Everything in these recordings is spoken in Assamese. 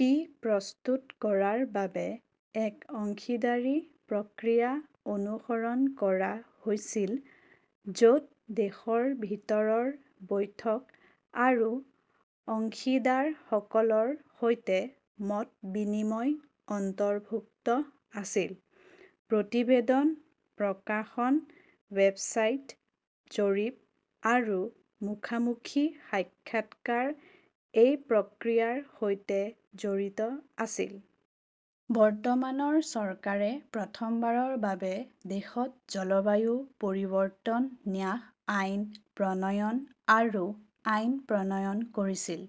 পি. প্ৰস্তুত কৰাৰ বাবে এক অংশীদাৰী প্ৰক্ৰিয়া অনুসৰণ কৰা হৈছিল য'ত দেশৰ ভিতৰৰ বৈঠক আৰু অংশীদাৰসকলৰ সৈতে মত বিনিময় অন্তৰ্ভুক্ত আছিল। প্ৰতিবেদন, প্ৰকাশন, ৱেবছাইট, জৰীপ আৰু মুখামুখি সাক্ষাৎকাৰ এই প্ৰক্ৰিয়াৰ সৈতে জড়িত আছিল। বৰ্তমানৰ চৰকাৰে প্ৰথমবাৰৰ বাবে দেশত জলবায়ু পৰিৱৰ্তন ন্যাস আইন প্ৰণয়ন আৰু আইন প্ৰণয়ন কৰিছিল।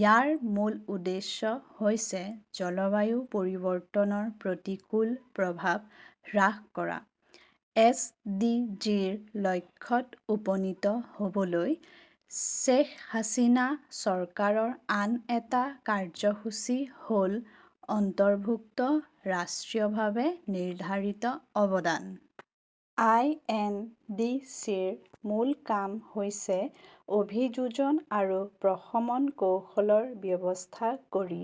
ইয়াৰ মূল উদ্দেশ্য হৈছে জলবায়ু পৰিৱৰ্তনৰ প্ৰতিকূল প্ৰভাৱ হ্ৰাস কৰা। এছ. ডি. জি. -ৰ লক্ষ্যত উপনীত হ "বলৈ শ্বেইখ হাছিনা চৰকাৰৰ আন এটা কাৰ্যসূচী হ" ল অন্তৰ্ভুক্ত ৰাষ্ট্ৰীয়ভাৱে নিৰ্ধাৰিত অৱদান। আই. এন. ডি. চি. -ৰ মূল কাম হৈছে অভিযোজন আৰু প্ৰশমন কৌশলৰ ব্যৱস্থা কৰি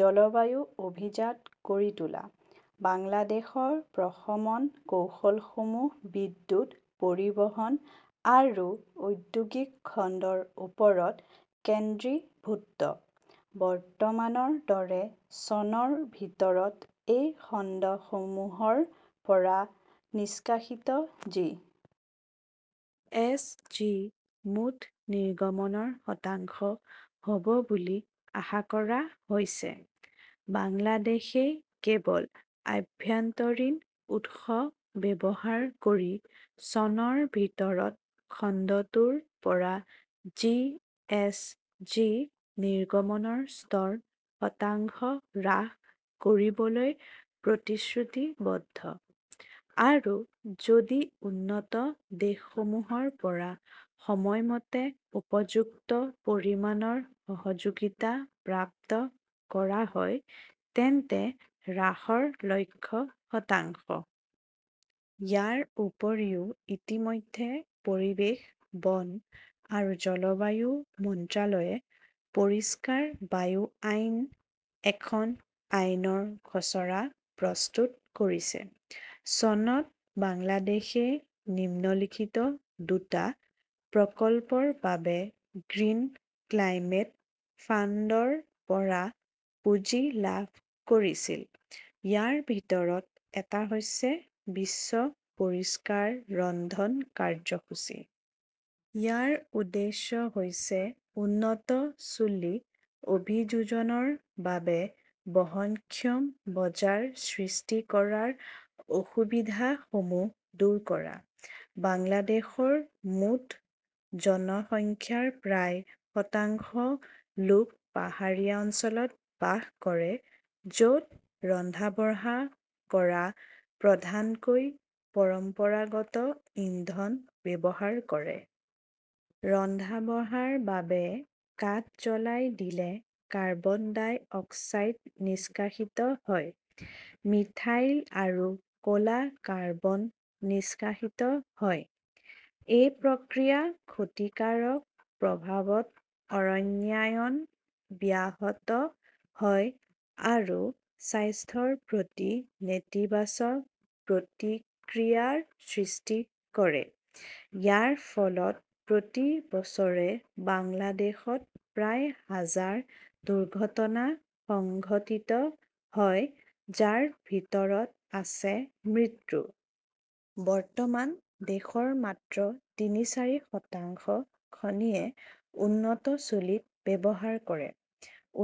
জলবায়ু অভিজাত কৰি তোলা। বাংলাদেশৰ প্ৰশমন কৌশলসমূহ বিদ্যুৎ, পৰিবহণ আৰু ঔদ্যোগিক খণ্ডৰ ওপৰত কেন্দ্ৰীভূত। "বৰ্তমানৰ দৰে, চনৰ ভিতৰত এই খণ্ডসমূহৰ পৰা নিষ্কাশিত জি. এইচ. জি. মুঠ নিৰ্গমনৰ শতাংশ হ" ব বুলি আশা কৰা হৈছে। বাংলাদেশই কেৱল আভ্যন্তৰীণ উৎস ব্যৱহাৰ কৰি চনৰ ভিতৰত খণ্ডটোৰ পৰা জি. এইচ. জি. নিৰ্গমনৰ স্তৰ শতাংশ হ্ৰাস কৰিবলৈ প্ৰতিশ্ৰুতিবদ্ধ। আৰু যদি উন্নত দেশসমূহৰ পৰা সময়মতে উপযুক্ত পৰিমাণৰ সহযোগিতা প্ৰাপ্ত কৰা হয়, তেন্তে হ্ৰাসৰ লক্ষ্য শতাংশ। ইয়াৰ উপৰিও, ইতিমধ্যে পৰিৱেশ, বন আৰু জলবায়ু মন্ত্ৰালয়ে 'পৰিষ্কাৰ বায়ু আইন, "এখন আইনৰ খচৰা প্ৰস্তুত কৰিছে। চনত বাংলাদেশই নিম্নলিখিত দুটা প্ৰকল্পৰ বাবে গ্ৰীণ ক্লাইমেট ফাণ্ড ৰ পৰা পুঁজি লাভ কৰিছিল। ইয়াৰ ভিতৰত এটা হৈছে 'বিশ্ব পৰিষ্কাৰ ৰন্ধন কাৰ্যসূচী "। ইয়াৰ উদ্দেশ্য হৈছে উন্নত চুল্লী অভিযোজনৰ বাবে বহনক্ষম বজাৰ সৃষ্টি কৰাৰ অসুবিধাসমূহ দূৰ কৰা। বাংলাদেশৰ মুঠ জনসংখ্যাৰ প্ৰায় শতাংশ লোক পাহাৰীয়া অঞ্চলত বাস কৰে য 'ত ৰন্ধা-বঢ়া কৰা প্ৰধানকৈ পৰম্পৰাগত ইন্ধন ব্যৱহাৰ কৰে। ৰন্ধা-বঢ়াৰ বাবে কাঠ জ্বলাই দিলে কাৰ্বন ডাই অক্সাইড নিষ্কাশিত হয়। মিথাইল আৰু ক 'লা কাৰ্বন নিষ্কাশিত হয়। এই প্ৰক্ৰিয়াৰ ক্ষতিকাৰক প্ৰভাৱত অৰণ্যায়ন ব্যাহত হয় আৰু স্বাস্থ্যৰ প্ৰতি নেতিবাচক প্ৰতিক্ৰিয়াৰ সৃষ্টি কৰে। ইয়াৰ ফলত প্ৰতি বছৰে বাংলাদেশত প্ৰায় হাজাৰ দুৰ্ঘটনা সংঘটিত হয়, যাৰ ভিতৰত আছে মৃত্যু। বৰ্তমান, দেশৰ মাত্ৰ তিনি-চাৰি শতাংশ খনিয়ে উন্নত চুলিত ব্যৱহাৰ কৰে।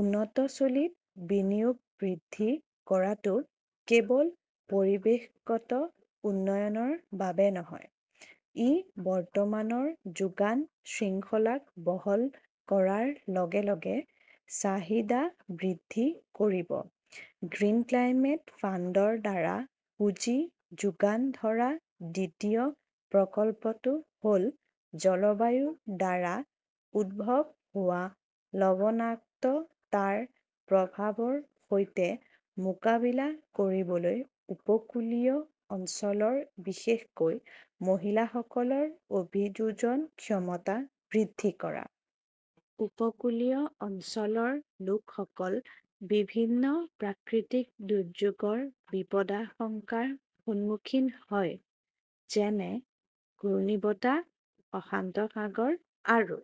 উন্নত চুলিত বিনিয়োগ বৃদ্ধি কৰাটো কেৱল পৰিৱেশগত উন্নয়নৰ বাবে নহয়; ই বৰ্তমানৰ যোগান শৃংখলাক বহল কৰাৰ লগে লগে চাহিদা বৃদ্ধি কৰিব। গ্ৰীণ ক্লাইমেট ফাণ্ড ৰ দ্বাৰা পুঁজি যোগান ধৰা দ্বিতীয় প্ৰকল্পটো হ 'ল' জলবায়ুৰ দ্বাৰা উদ্ভৱ হোৱা লবণাক্ততাৰ প্ৰভাৱৰ সৈতে মোকাবিলা কৰিবলৈ উপকূলীয় অঞ্চলৰ বিশেষকৈ মহিলাসকলৰ অভিযোজন ক্ষমতা বৃদ্ধি কৰা '। উপকূলীয় অঞ্চলৰ লোকসকল বিভিন্ন প্ৰাকৃতিক দুৰ্যোগৰ বিপদাশংকাৰ সন্মুখীন হয়, যেনে ঘূৰ্ণীবতাহ, অশান্ত সাগৰ আৰু